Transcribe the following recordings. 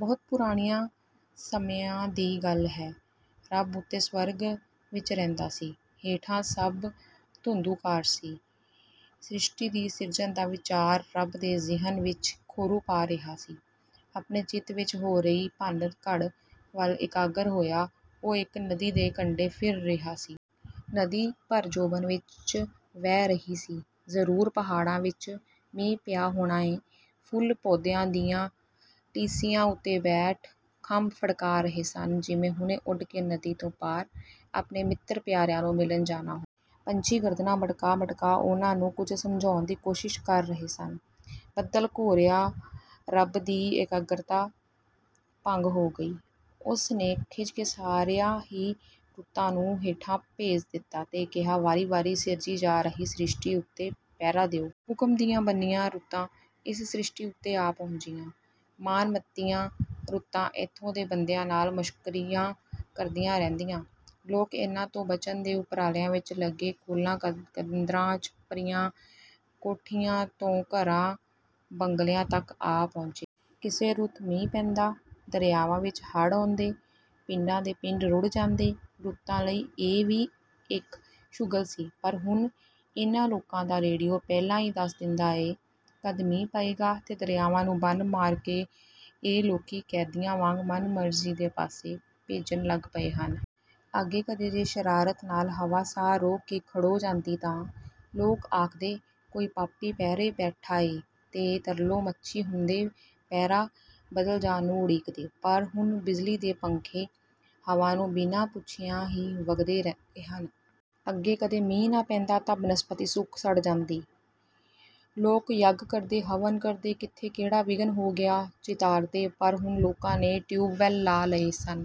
ਬਹੁਤ ਪੁਰਾਣਿਆਂ ਸਮਿਆਂ ਦੀ ਗੱਲ ਹੈ। ਰੱਬ ਉਤੇ ਸਵਰਗ ਵਿੱਚ ਰਹਿੰਦਾ ਸੀ, ਹੇਠਾਂ ਸਭ ਧੁੰਧੂਕਾਰ ਸੀ। ਸ੍ਰਿਸ਼ਟੀ ਦੀ ਸਿਰਜਣ ਦਾ ਵਿਚਾਰ ਰੱਬ ਦੇ ਜ਼ਿਹਨ ਵਿੱਚ ਖੌਰੂ ਪਾ ਰਿਹਾ ਸੀ। ਆਪਣੇ ਚਿੱਤ ਵਿੱਚ ਹੋ ਰਹੀ ਭੰਨ-ਘੜ ਵੱਲ ਇਕਾਗਰ ਹੋਇਆ ਉਹ ਇੱਕ ਨਦੀ ਦੇ ਕੰਢੇ ਫਿਰ ਰਿਹਾ ਸੀ। ਨਦੀ ਭਰ ਜੋਬਨ ਵਿੱਚ ਵਹਿ ਰਹੀ ਸੀ। ਜ਼ਰੂਰ ਪਹਾੜਾਂ ਵਿਚ ਮੀਂਹ ਪਿਆ ਹੋਣਾ ਏ। ਫੁੱਲ ਪੌਦਿਆਂ ਦੀਆਂ ਟੀਸੀਆਂ ਉਤੇ ਬੈਠ ਖੰਭ ਫੜਕਾ ਰਹੇ ਸਨ ਜਿਵੇਂ ਹੁਣੇ ਉੱਡ ਕੇ ਨਦੀ ਤੋਂ ਪਾਰ ਆਪਣੇ ਮਿੱਤਰ ਪਿਆਰਿਆਂ ਨੂੰ ਮਿਲਣ ਜਾਣਾ ਹੋਵੇ। ਪੰਛੀ ਗਰਦਨਾਂ ਮਟਕਾ-ਮਟਕਾ ਉਨ੍ਹਾਂ ਨੂੰ ਕੁਝ ਸਮਝਾਉਣ ਦੀ ਕੋਸ਼ਿਸ ਕਰ ਰਹੇ ਸਨ। ਬੱਦਲ ਘੋਰਿਆ, ਰੱਬ ਦੀ ਇਕਾਗਰਤਾ ਭੰਗ ਹੋ ਗਈ। ਉਸ ਨੇ ਖਿੱਝ ਕੇ ਸਾਰੀਆ ਹੀ ਰੁੱਤਾਂ ਨੂੰ ਹੇਠਾਂ ਭੇਜ ਦਿੱਤਾ ਤੇ ਕਿਹਾ ਵਾਰੀ-ਵਾਰੀ ਸਿਰਜੀ ਜਾ ਰਹੀ ਸ੍ਰਿਸ਼ਟੀ ਉਤੇ ਪਹਿਰਾ ਦਿਓ। ਹੁਕਮ ਦੀਆਂ ਬੰਨ੍ਹੀਆਂ ਰੁੱਤਾਂ ਇਸ ਸ੍ਰਿਸ਼ਟੀ ਉਤੇ ਆ ਪਹੁੰਚੀਆਂ। ਮਾਣ ਮੱਤੀਆਂ ਰੁੱਤਾਂ ਇੱਥੋਂ ਦੇ ਬੰਦਿਆਂ ਨਾਲ ਮਸ਼ਕਰੀਆਂ ਕਰਦੀਆਂ ਰਹਿੰਦੀਆਂ। ਲੋਕ ਇਨ੍ਹਾਂ ਤੋਂ ਬਚਣ ਦੇ ਉਪਰਾਲਿਆਂ ਵਿੱਚ ਲਗੇ, ਖੋਲਾਂ, ਕੰਦਰਾਂ, ਛਪਰੀਆਂ, ਕੋਠੀਆਂ ਤੋਂ ਘਰਾਂ ਬੰਗਲਿਆਂ ਤੱਕ ਆ ਪਹੁੰਚੇ। ਕਿਸੇ ਰੁੱਤ ਮੀਂਹ ਪੈਂਦਾ, ਦਰਿਆਵਾਂ ਵਿੱਚ ਹੜ੍ਹ ਆਉਂਦੇ, ਪਿੰਡਾਂ ਦੇ ਪਿੰਡ ਰੁੜ੍ਹ ਜਾਂਦੇ। ਰੁੱਤਾਂ ਲਈ ਇਹ ਵੀ ਇੱਕ ਸ਼ੁਗਲ ਸੀ ਪਰ ਹੁਣ ਇਨ੍ਹਾਂ ਲੋਕਾਂ ਦਾ ਰੇਡੀਓ ਪਹਿਲਾਂ ਹੀ ਦੱਸ ਦਿੰਦਾ ਏ ਕਦ ਮੀਂਹ ਪਏਗਾ ਤੇ ਦਰਿਆਵਾਂ ਨੂੰ ਬੰਨ੍ਹ ਮਾਰ ਕੇ ਇਹ ਲੋਕ ਕੈਦੀਆਂ ਵਾਂਗ ਮਨਮਰਜ਼ੀ ਦੇ ਪਾਸੇ ਭੇਜਣ ਲੱਗ ਪਏ ਹਨ। ਅੱਗੇ ਕਦੇ ਜੇ ਸ਼ਰਾਰਤ ਨਾਲ ਹਵਾ ਸਾਹ ਰੋਕ ਕੇ ਖੜ੍ਹੋ ਜਾਂਦੀ ਤਾਂ ਲੋਕ ਆਖਦੇ ਕੋਈ ਪਾਪੀ ਪਹਿਰੇ ਬੈਠਾ ਏ ਤੇ ਤਰਲੋ ਮੱਛੀ ਹੁੰਦੇ ਪਹਿਰਾ ਬਦਲ ਜਾਣ ਨੂੰ ਉਡੀਕਦੇ। ਪਰ ਹੁਣ ਬਿਜਲੀ ਦੇ ਪੱਖੇ ਹਵਾ ਨੂੰ ਬਿਨਾਂ ਪੁੱਛਿਆਂ ਹੀ ਵਗਦੇ ਰਹਿੰਦੇ ਹਨ। ਅੱਗੇ ਕਦੇ ਮੀਂਹ ਨਾ ਪੈਂਦਾ ਤਾਂ ਬਨਸਪਤੀ ਸੁੱਕ ਸੜ ਜਾਂਦੀ। ਲੋਕ ਯੱਗ ਕਰਦੇ, ਹਵਨ ਕਰਦੇ। ਕਿੱਥੇ ਕਿਹੜਾ ਵਿਘਨ ਹੋ ਗਿਆ? ਚਿਤਾਰਦੇ ਪਰ ਹੁਣ ਲੋਕਾਂ ਨੇ ਟਿਊਬਵੈੱਲ ਲਾ ਲਏ ਸਨ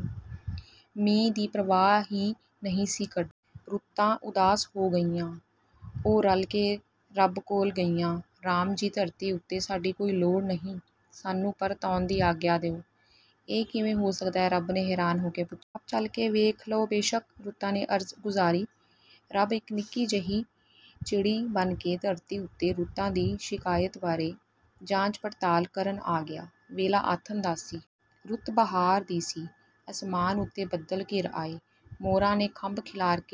ਮੀਂਹ ਦੀ ਪ੍ਰਵਾਹ ਹੀ ਨਹੀਂ ਸੀ ਕਰਦੇ। ਰੁੱਤਾਂ ਉਦਾਸ ਹੋ ਗਈਆਂ। ਉਹ ਰਲ ਕੇ ਰੱਬ ਕੋਲ ਗਈਆਂ। ''ਰਾਮ ਜੀ ਧਰਤੀ ਉਤੇ ਸਾਡੀ ਕੋਈ ਲੋੜ ਨਹੀਂ ਸਾਨੂੰ ਪਰਤ ਆਉਣ ਦੀ ਆਗਿਆ ਦਿਉ"। ''ਇਹ ਕਿਵੇਂ ਹੋ ਸਕਦਾ ਹੈ? '' ਰੱਬ ਨੇ ਹੈਰਾਨ ਹੋ ਕੇ ਪੁੱਛਿਆ। ''ਚੱਲ ਕੇ ਵੇਖ ਲਉ ਬੇਸ਼ੱਕ'' ਰੁੱਤਾਂ ਨੇ ਅਰਜ਼ ਗੁਜ਼ਾਰੀ। ਰੱਬ ਇੱਕ ਨਿੱਕੀ ਜਿਹੀ ਚਿੜੀ ਬਣ ਕੇ ਧਰਤੀ ਉਤੇ ਰੁੱਤਾਂ ਦੀ ਸ਼ਿਕਾਇਤ ਬਾਰੇ ਜਾਂਚ ਪੜਤਾਲ ਕਰਨ ਆ ਗਿਆ। ਵੇਲਾ ਆਥਣ ਦਾ ਸੀ। ਰੁੱਤ ਬਹਾਰ ਦੀ ਸੀ। ਅਸਮਾਨ ਉਤੇ ਬੱਦਲ ਘਿਰ ਆਏ। ਮੋਰਾਂ ਨੇ ਖੰਭ ਖਿਲਾਰ ਕੇ